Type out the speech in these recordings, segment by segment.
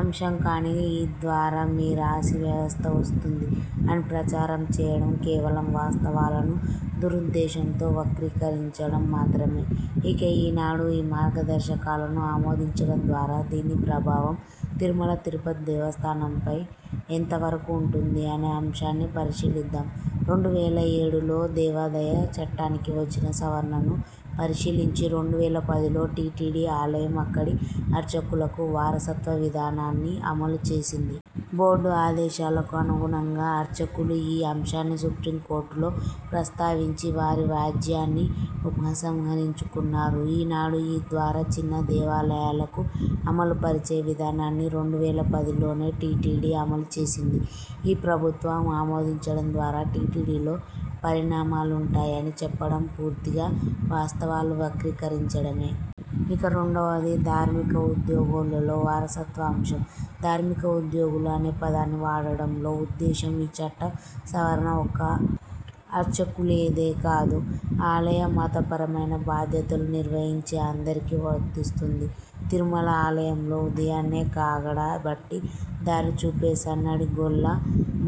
అంశం. కానీ ఈ ద్వారా మీరాసీ వ్యవస్థ వస్తుంది అని ప్రచారం చేయడం కేవలం వాస్తవాలను దురుద్దేశంతో వక్రీకరించడం మాత్రమే. ఇక ఈనాడు ఈ మార్గదర్శకాలను ఆమోదించడం ద్వారా దీని ప్రభావం తిరుమల తిరుపతి దేవస్థానంపై ఎంతవరకు ఉంటుంది అనే అంశాన్ని పరిశీలిద్దాం. రెండు వేల ఏడులో దేవాదాయ చట్టానికి వచ్చిన సవరణను పరిశీలించి రెండు వేల పదిలో టీటీడీ ఆలయం అక్కడి అర్చకులకు వారసత్వ విధానాన్ని అమలుచేసింది. బోర్డు ఆదేశాలకు అనుగుణంగా అర్చకులు ఈ అంశాన్ని సుప్రీం కోర్టులో ప్రస్తావించి వారి వ్యాజ్యాన్ని ఉపసంహరించుకున్నారు. ఈనాడు ఈ ద్వారా చిన్న దేవాలయాలకు అమలుపరిచే విధానాన్ని రెండు వేల పదిలోనే టీటీడీ అమలు చేసింది. ఈ ప్రభుత్వం ఆమోదించడం ద్వారా టీటీడీలో పరిణామాలుంటాయని చెప్పడం పూర్తిగా వాస్తవాలు వక్రీకరించడమే. ఇక రెండవది ధార్మిక ఉద్యోగులలో వారసత్వ అంశం. ధార్మిక ఉద్యోగులు అనే పదాన్ని వాడడంలో ఉద్దేశం ఈ చట్ట సవరణ ఒక్క అర్చకులదేకాదు ఆలయ మతపరమైన బాధ్యతలు నిర్వహించే అందరికీ వర్తిస్తుంది. తిరుమల ఆలయంలో ఉదయాన్నే కాగడా బట్టి దారిచూపే సన్నఢి గొల్ల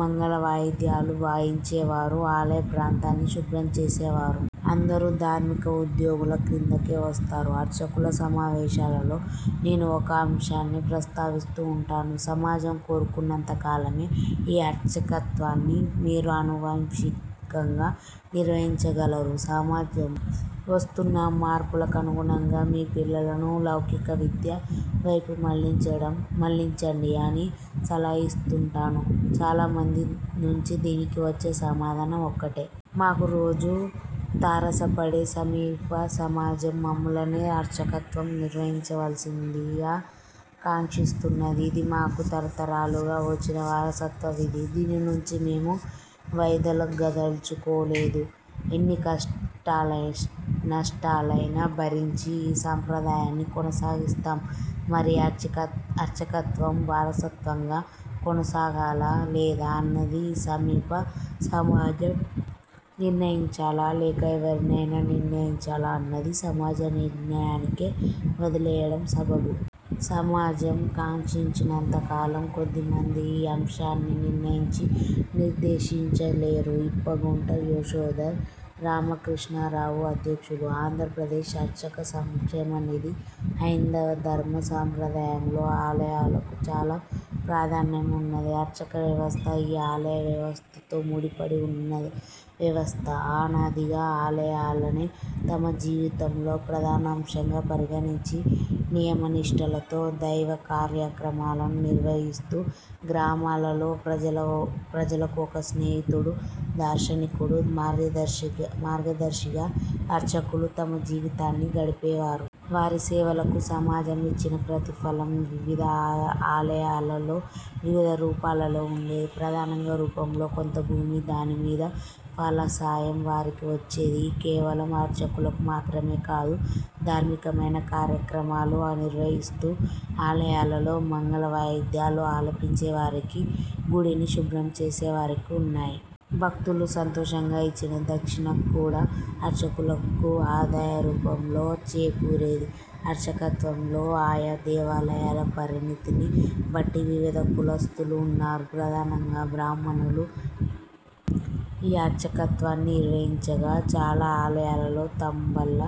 మంగళవాయిద్యాలు వాయించేవారు, ఆలయ ప్రాంతాన్ని శుభ్రంచేసేవారు. అందరు ధార్మిక ఉద్యోగుల క్రిందకే వస్తారు. అర్చకుల సమావేశాలలో నేను ఒక అంశాన్ని ప్రస్తావిస్తూ ఉంటాను. సమాజం కోరుకున్నంత కాలమే ఈ అర్చకత్వాన్ని మీరు అనువంశికంగా నిర్వహించగలరు. సమాజం వస్తున్న మార్పులకనుగుణంగా మీ పిల్లలను లౌకికవిద్య వైపు మళ్లించడం మళ్ళించండి అని సల హా ఇస్తుంటాను. చాలామంది నుంచి దీనికివచ్చే సమాధానం ఒకటే. మాకు రోజూ తారసపడే సమీప సమాజం మమ్ములనే అర్చకత్వం నిర్వహించవలసిందిగా కాంక్షిస్తున్నది. ఇది మాకు తరతరాలుగా వచ్చిన వారసత్వ విధి. దీని నుంచి మేము వైదొలగదల్చుకోలేదు. ఎన్నికష్టనష్టాలైనా భరించి ఈ సాంప్రదాయాన్ని కొనసాగిస్తాం. మరి అర్చక అర్చకత్వం వారసత్వంగా కొనసాగాలా లేదా అన్నది ఈ సమీప సమాజం నిర్ణయించాలా, లేక ఎవర్నైనా నిర్ణయించాలా అన్నది సమాజ నిర్ణయానికే వదిలేయడం సబబు. సమాజం కాంక్షించినంతకాలం కొద్ది మంది ఈ అంశాన్నినిర్ణయించి నిర్దేశించలేరు. ఇప్పగుంట యశోధర్ రామకృష్ణారావుఅధ్యక్షులు, ఆంధ్రప్రదేశ్ అర్చక సంక్షేమ నిధి హైందవ ధర్మ సాంప్రదాయంలో ఆలయాలకు చాలా ప్రాధాన్యం ఉన్నది. అర్చక వ్యవస్థ ఈ ఆలయ వ్యవస్థతో ముడిపడి ఉన్న వ్యవస్థ. అనాదిగా ఆలయాలనే తమ జీవితంలో ప్రధాన అంశంగా పరిగణించి నియమనిష్టలతో దైవకార్యక్రమాలను నిర్వహిస్తూ గ్రామాలలో ప్రజల ప్రజలకు ఒక స్నేహితుడు, దార్శనికుడు, మార్గదర్శి మార్గదర్శిగా అర్చకులు తమ జీవితాన్ని గడిపేవారు. వారి సేవలకు సమాజమిచ్చిన ప్రతిఫలం వివిధ ఆ ఆలయాలలో వివిధ రూపాలలో ఉండేది. ప్రధానంగా రూపంలో కొంత భూమి దాని మీద ఫలసాయం వారికి వచ్చేది. ఈ కేవలం అర్చకులకు మాత్రమే కాదు ధార్మికమైన కార్యమ్రాలు నిర్వహిస్తూ ఆలయాలలో మంగళవాయిద్యాలు ఆలపించే వారికి గుడిని శుభ్రంచేసే వారికి ఉన్నాయి. భక్తులు సంతోషంగా ఇచ్చిన దక్షిణ కూడా అర్చకులకు ఆదాయ రూపంలో చేకూరేది. అర్చకత్వంలో ఆయా దేవాలయాల పరిమితిని బట్టి వివిధ కులస్థులు ఉన్నారు. ప్రధానంగా బ్రాహ్మణులు ఈ అర్చకత్వాన్ని నిర్వహించగా చాలా ఆలయాలలో తంబల్ల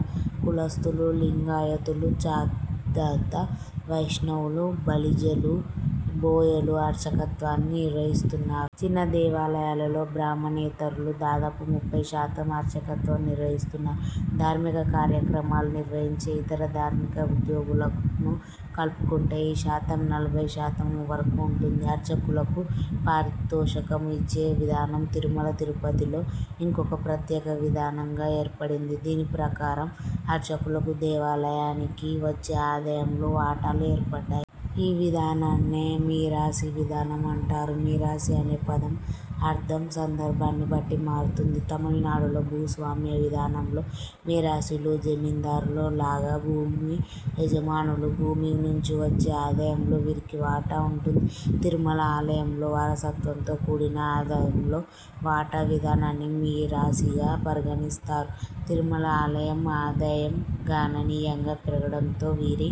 కులస్థులు, లింగాయతులు, చాద్ధాత వైష్ణవులు, బలిజలు, బోయలు అర్చకత్వాన్ని నిర్వహిస్తున్నారు. చిన్న దేవాలయాలలో బ్రాహ్మణేతరులు దాదాపు ముప్పై శాతం అర్చకత్వం నిర్వహిస్తున్నారు. ధార్మిక కార్యక్రమాలు నిర్వహించే ఇతర ధార్మిక ఉద్యోగులను కలుపుకుంటే ఈ శాతం నలభైశాతం వరకు ఉంటుంది. అర్చకులకు పారితోషకం ఇచ్చే విధానం తిరుమల తిరుపతిలో ఇంకొక ప్రత్యేక విధానంగా ఏర్పడింది. దీని ప్రకారం అర్చకులకు దేవాలయానికి వచ్చే ఆదాయంలో వాటాలు ఏర్పడ్డాయి. ఈ విధానాన్నే మీరాసీ విధానం అంటారు. మీరాసీ అనే పదం అర్థం సందర్భాన్ని బట్టి మారుతుంది. తమిళనాడులో భూస్వామ్య విధానంలో మీరాసీలు జమీందారుల లాగా భూమి యజమానులు. భూమి నుంచి వచ్చే ఆదాయంలో వీరికి వాటా ఉంటుంది. తిరుమల ఆలయంలో వారసత్వంతో కూడిన ఆదాయంలో వాటా విధానాన్ని మీరాసీగా పరిగణిస్తారు. తిరుమల ఆలయం ఆదాయం గణనీయంగా పెరగడంతో వీరి